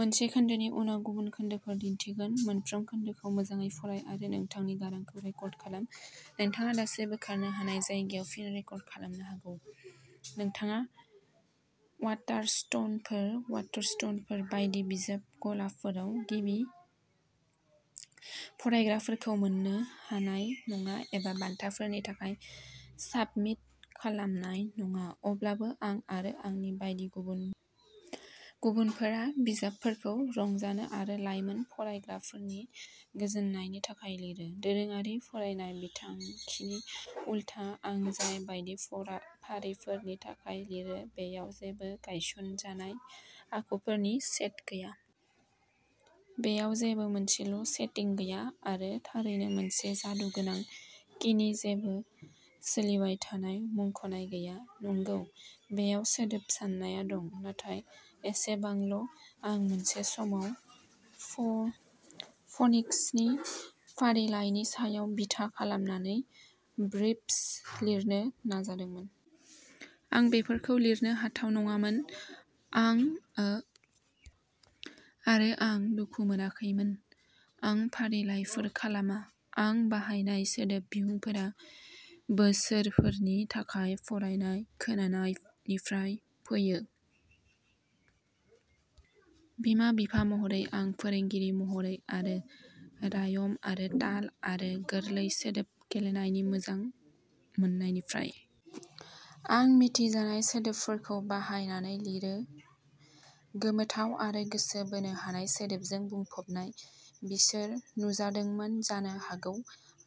नोंथाङा वाटारस्टोनफोर बायदि बिजाब गलाफोराव गिबि फरायग्राफोरखौ मोन्नो हानाय नङा एबा बान्थाफोरनि थाखाय साबमिट खालामनाय नङा। अब्लाबो, आं-आरो आंनि बायदि गुबुनफोरा-बिजाबफोरखौ रंजानो आरो लाइमोन फरायग्राफोरनि गोजोननायनि थाखाय लिरो। दोरोङारि फरायनाय बिथांखिनि उलथा, आं जाय बायदि फारिफोरनि थाखाय लिरो, बेयाव जेबो गायसनजानाय आखुफोरनि सेट गैया। बेयाव जेबो मोनसेल'सेटिं गैया आरो थारैनो मोनसे जादु गोनां किनि जेबो सोलिबाय थानाय मुंख'नाय गैया। नंगौ, बेयाव सोदोब साननाया दं, नाथाय एसेबांल'। आं मोनसे समाव फ'निक्सनि फारिलाइनि सायाव बिथा खालामनानै ब्रिफ्स लिरनो नाजादोंमोन। आं बेफोरखौ लिरनो हाथाव नङामोन, आरो आं दुखु मोनाखैमोन। आं फारिलाइफोर खालामा। आं बाहायनाय सोदोब बिहुंफोरा बोसोरफोरनि थाखाय फरायनाय खोनानायनिफ्राय फैयो-बिमा-बिफा महरै आरो फोरोंगिरि महरै-आरो रायम आरो ताल आरो गोरलै सोदोब गेलेनायनि मोजां मोन्नायनिफ्राय। आं मिथिजानाय सोदोबफोरखौ बाहायनानै लिरो, गोमोथाव आरो गोसो बोनो हानाय सोदोबजों बुंफबनाय। बिसोर नुजादोंमोन जानो हागौ।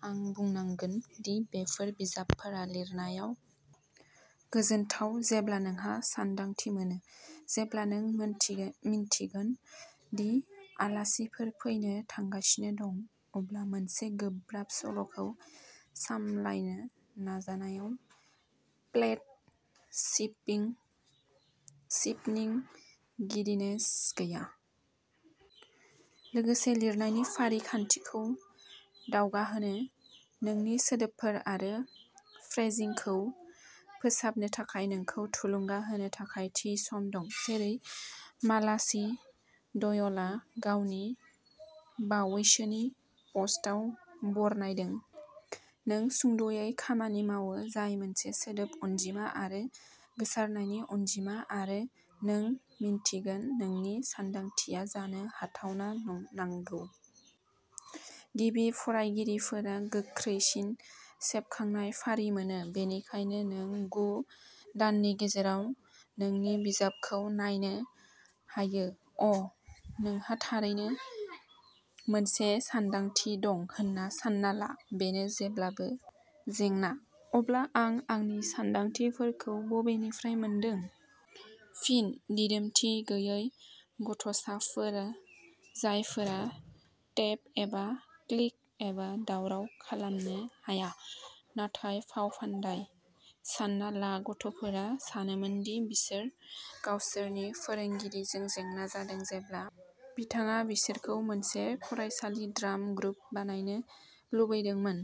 आं बुंनांगोन दि बेफोर बिजाबफोरा लिरनायाव गोजोनथाव जेब्ला नोंहा सानदांथि मोनो। जेब्ला नों मिन्थिगोन दि आलासिफोर फैनो थांगासिनो दं, अब्ला मोनसे गोब्राब सल'खौ सामलायनो नाजानायाव प्लेट-स्पिनिं गिदिनेस गैया। लोगोसे, लिरनायनि फारिखान्थिखौ दावगाहोनो, नोंनि सोदोबफोर आरो फ्रेजिंखौ फोसाबनो थाखाय नोंखौ थुलुंगा होनो थाखाय थि सम दं, जेरै मालाचि डयलआ गावनि बावैसोनि पस्टआव बरनायदों। नों सुंद'यै खामानि मावो-जाय मोनसे सोदोब अनजिमा आरो गोसारनायनि अनजिमा-आरो नों मिन्थिगोन नोंनि सानदांथिया जानो हाथावना नांगौ। गिबि फरायगिरिफोरा गोख्रैसिन सेबखांनाय फारि मोनो, बेनिखायनो नों गु दाननि गेजेराव नोंनि बिजाबखौ नायनो हायो। अ '! नोंहा थारैनो मोनसे सानदांथि दं होन्ना सान्ना ला? बेनो जेब्लाबो जेंना। अब्ला, आं आंनि सानदांथिफोरखौ बबेनिफ्राय मोनदों? फिनः दिदोमथि गैयै गथ'साफोर, जायफोरा टेप एबा क्लिक एबा दावराव खालामनो हाया। नाथाय फावफान्दाय? सानना ला गथ'फोरा सानोमोन दि बिसोर गावसोरनि फोरोंगिरिजों जेंना जादों जेब्ला बिथाङा बिसोरखौ मोनसे फरायसालि ड्राम ग्रुप बानायनो लुबैदोंमोन?